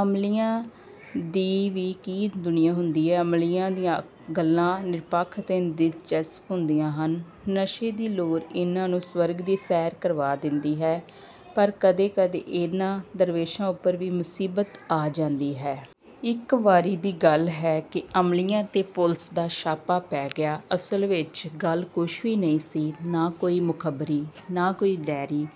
ਅਮਲੀਆਂ ਦੀ ਵੀ ਕੀ ਦੁਨੀਆਂ ਹੁੰਦੀ ਹੈ! ਅਮਲੀਆਂ ਦੀਆਂ ਗੱਲਾਂ ਨਿਰਪੱਖ ਅਤੇ ਦਿਲਚਸਪ ਹੁੰਦੀਆਂ ਹਨ। ਨਸ਼ੇ ਦੀ ਲੋਰ ਇਹਨਾਂ ਨੂੰ ਸਵਰਗ ਦੀ ਸੈਰ ਕਰਵਾ ਦਿੰਦੀ ਹੈ। ਪਰ ਕਦੇ-ਕਦੇ ਇਹਨਾਂ ਦਰਵੇਸ਼ਾਂ ਉੱਪਰ ਵੀ ਮੁਸੀਬਤ ਆ ਜਾਂਦੀ ਹੈ। ਇੱਕ ਵਾਰੀ ਦੀ ਗੱਲ ਹੈ ਕਿ ਅਮਲੀਆਂ 'ਤੇ ਪੁਲਸ ਦਾ ਛਾਪਾ ਪੈ ਗਿਆ। ਅਸਲ ਵਿਚ ਗੱਲ ਕੁਛ ਵੀ ਨਹੀਂ ਸੀ। ਨਾ ਕੋਈ ਮੁਖ਼ਬਰੀ। ਨਾ ਕੋਈ ਡੈਰੀ!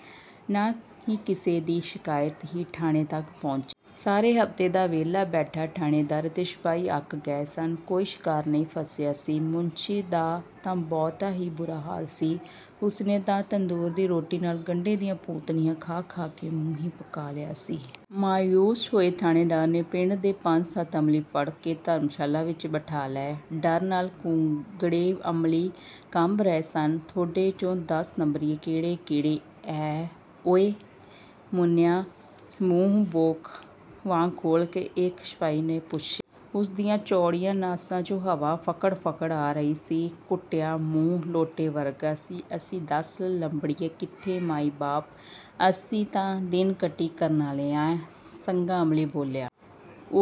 ਨਾ ਹੀ ਕਿਸੇ ਦੀ ਸ਼ਕਾਇਤ ਹੀ ਠਾਣੇ ਤੱਕ ਪਹੁੰਚੀ ਸੀ। ਸਾਰੇ ਹਫ਼ਤੇ ਦਾ ਵਿਹਲਾ ਬੈਠਾ ਠਾਣੇਦਾਰ ਅਤੇ ਸਿਪਾਹੀ ਅੱਕ ਗਏ ਸਨ। ਕੋਈ 'ਸ਼ਿਕਾਰ' ਨਹੀਂ ਫ਼ਸਿਆ ਸੀ। ਮੁਨਸ਼ੀ ਦਾ ਤਾਂ ਬਹੁਤਾ ਹੀ ਬੁਰਾ ਹਾਲ ਸੀ। ਉਸ ਨੇ ਤਾਂ ਤੰਦੂਰ ਦੀ ਰੋਟੀ ਨਾਲ ਗੰਢੇ ਦੀਆਂ 'ਪੂਤਨੀਆਂ' ਖਾ-ਖਾ ਕੇ ਮੂੰਹ ਹੀ ਪਕਾ ਲਿਆ ਸੀ। ਮਾਯੂਸ ਹੋਏ ਠਾਣੇਦਾਰ ਨੇ ਪਿੰਡ ਦੇ ਪੰਜ-ਸੱਤ ਅਮਲੀ ਫੜ ਕੇ ਧਰਮਸ਼ਾਲਾ ਵਿਚ ਬਿਠਾ ਲਏ। ਡਰ ਨਾਲ ਕੂੰਗੜੇ ਅਮਲੀ ਕੰਬ ਰਹੇ ਸਨ। "ਥੋਡੇ 'ਚੋਂ ਦਸ ਨੰਬਰੀਏ ਕਿਹੜੇ ਕਿਹੜੇ ਐ ਉਏ? '" ਮੁੰਨਿਆਂ ਮੂੰਹ ਬੋਕ ਵਾਂਗ ਖੋਲ੍ਹ ਕੇ ਇੱਕ ਸਿਪਾਹੀ ਨੇ ਪੁੱਛਿਆ। ਉਸ ਦੀਆਂ ਚੌੜੀਆਂ ਨਾਸਾਂ 'ਚੋਂ ਹਵਾ 'ਫਕੜ-ਫਕੜ' ਆ ਰਹੀ ਸੀ। ਘੁੱਟਿਆ ਮੂੰਹ ਲੋਟੇ ਵਰਗਾ ਸੀ। "ਅਸੀਂ ਦਸ ਲੰਬਰੀਏ ਕਿੱਥੇ ਮਾਈ ਬਾਪ – ਅਸੀਂ ਤਾਂ ਦਿਨ ਕਟੀ ਕਰਨ ਆਲੇ ਐਂ। " ਸੱਘਾ ਅਮਲੀ ਬੋਲਿਆ।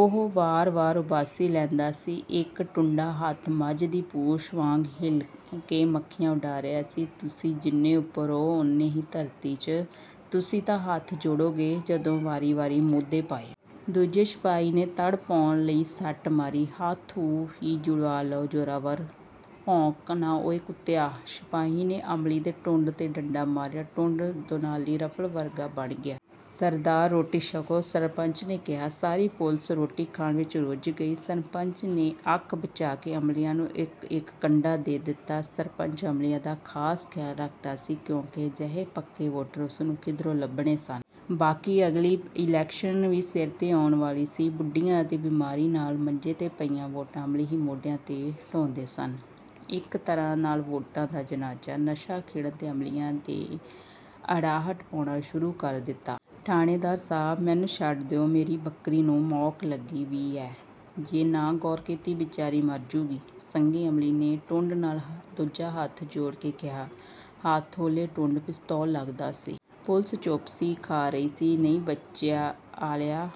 ਉਹ ਵਾਰ-ਵਾਰ ਉਬਾਸੀ ਲੈਂਦਾ ਸੀ। ਇੱਕ ਟੁੰਡਾ ਹੱਥ ਮੱਝ ਦੀ ਪੂਛ ਵਾਂਗ ਹਿੱਲ ਕੇ ਮੱਖੀਆਂ ਉਡਾ ਰਿਹਾ ਸੀ। "ਤੁਸੀਂ ਜਿੰਨੇਂ ਉੱਪਰ ਓਂ-ਉਨੇ ਈ ਧਰਤੀ 'ਚ! " "ਤੁਸੀਂ ਤਾਂ ਹੱਥ ਜੋੜੋਂਗੇ – ਜਦੋਂ ਵਾਰੀ ਵਾਰੀ ਮੂਧੇ ਪਾਏ! " ਦੂਜੇ ਸਿਪਾਹੀ ਨੇ ਤੜ੍ਹ ਪਾਉਣ ਲਈ ਸੱਟ ਮਾਰੀ। "ਹੱਥ ਊਂ ਈਂ ਜੁੜਵਾ ਲੈ ਜੋਰਾਵਰ! " "ਭੌਂਕ ਨਾ ਉਏ ਕੁੱਤਿਆ! " ਸਿਪਾਹੀ ਨੇ ਅਮਲੀ ਦੇ ਟੁੰਡ 'ਤੇ ਡੰਡਾ ਮਾਰਿਆ। ਟੁੰਡ ਦੋਨਾਲੀ ਰਫ਼ਲ ਵਰਗਾ ਬਣ ਗਿਆ। "ਸਰਦਾਰ ਰੋਟੀ ਛਕੋ! " ਸਰਪੰਚ ਨੇ ਕਿਹਾ। ਸਾਰੀ ਪੁਲਸ ਰੋਟੀ ਖਾਣ ਵਿਚ ਰੁੱਝ ਗਈ। ਸਰਪੰਚ ਨੇ ਅੱਖ ਬਚਾ ਕੇ ਅਮਲੀਆਂ ਨੂੰ ਇੱਕ-ਇੱਕ 'ਕੰਡਾ' ਦੇ ਦਿੱਤਾ। ਸਰਪੰਚ ਅਮਲੀਆਂ ਦਾ ਖ਼ਾਸ ਖਿਆਲ ਰੱਖਦਾ ਸੀ। ਕਿਉਂਕਿ ਅਜਿਹੇ ਪੱਕੇ ਵੋਟਰ ਉਸ ਨੂੰ ਕਿੱਧਰੋਂ ਲੱਭਣੇ ਸਨ? ਬਾਕੀ ਅਗਲੀ ਇਲੈਕਸ਼ਨ ਵੀ ਸਿਰ 'ਤੇ ਆਉਣ ਵਾਲੀ ਸੀ। ਬੁੱਢੀਆਂ ਅਤੇ ਬਿਮਾਰੀ ਨਾਲ ਮੰਜੇ 'ਤੇ ਪਈਆਂ 'ਵੋਟਾਂ' ਅਮਲੀ ਹੀ ਮੋਢਿਆਂ 'ਤੇ ਢੋਂਦੇ ਸਨ। ਇੱਕ ਤਰ੍ਹਾਂ ਨਾਲ ਵੋਟਾਂ ਦਾ ਜਨਾਜਾ! ਨਸ਼ਾ ਖਿੜਨ 'ਤੇ ਅਮਲੀਆਂ ਨੇ ਅੜਾਹਟ ਪਾਉਣਾ ਸ਼ੁਰੂ ਕਰ ਦਿੱਤਾ। "ਠਾਣੇਦਾਰ ਸਾਬ– ਮੈਨੂੰ ਛੱਡ ਦਿਓ – ਮੇਰੀ ਬੱਕਰੀ ਨੂੰ ਮੋਕ ਲੱਗੀ ਵੀ ਐ – ਜੇ ਨਾ ਗੌਰ ਕੀਤੀ, ਬਿਚਾਰੀ ਮਰਜੂਗੀ! " ਸੱਘੇ ਅਮਲੀ ਨੇ ਟੁੰਡ ਨਾਲ ਦੂਜਾ ਹੱਥ ਜੋੜ ਕੇ ਕਿਹਾ। ਹੱਥ ਓਹਲੇ ਟੁੰਡ 'ਪਿਸਤੌਲ' ਲੱਗਦਾ ਸੀ। ਪੁਲਸ ਚੁੱਪ ਸੀ। ਖਾ ਰਹੀ ਸੀ। "ਨਹੀਂ ਬੱਚਿਆਂ ਆਲਿਆ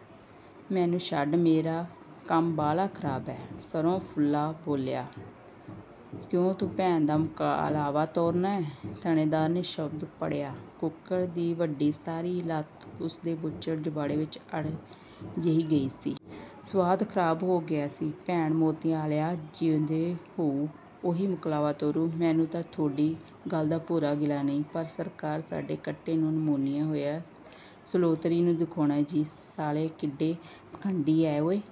– ਮੈਨੂੰ ਛੱਡ – ਮੇਰਾ ਕੰਮ ਬਾਹਲਾ ਖਰਾਬ ਐ। " ਸਰ੍ਹੋਂ-ਫੁੱਲਾ ਬੋਲਿਆ। "ਕਿਉਂ ਤੂੰ ਭੈਣ ਦਾ ਮੁਕਲਾਵਾ ਤੋਰਨੈਂ? " ਠਾਣੇਦਾਰ ਨੇ ਸ਼ਬਦ ਪੜ੍ਹਿਆ। ਕੁੱਕੜ ਦੀ ਵੱਡੀ ਸਾਰੀ ਲੱਤ ਉਸ ਦੇ ਬੁੱਚੜ ਜਬਾੜ੍ਹੇ ਵਿਚ ਅੜ ਜਿਹੀ ਗਈ ਸੀ। ਸੁਆਦ ਖਰਾਬ ਹੋ ਗਿਆ ਸੀ। "ਭੈਣ ਮੋਤੀਆਂ ਆਲਿਆ ਜੀਹਦੇ ਹੋਊ – ਉਹੀ ਮੁਕਲਾਵਾ ਤੋਰੂ – ਮੈਨੂੰ ਤਾਂ ਥੋਡੀ ਗੱਲ ਦਾ ਭੋਰਾ ਗ਼ਿਲਾ ਨੀ – ਪਰ ਸਰਕਾਰ ਸਾਡੇ ਕੱਟੇ ਨੂੰ ਨਮੂੰਨੀਆਂ ਹੋਇਐ – ਸਲੋਤਰੀ ਨੂੰ ਦਿਖਾਉਣੈਂ ਜੀ! " "ਸਾਲੇ ਕਿੱਡੇ ਪਾਖੰਡੀ ਐ ਉਏ!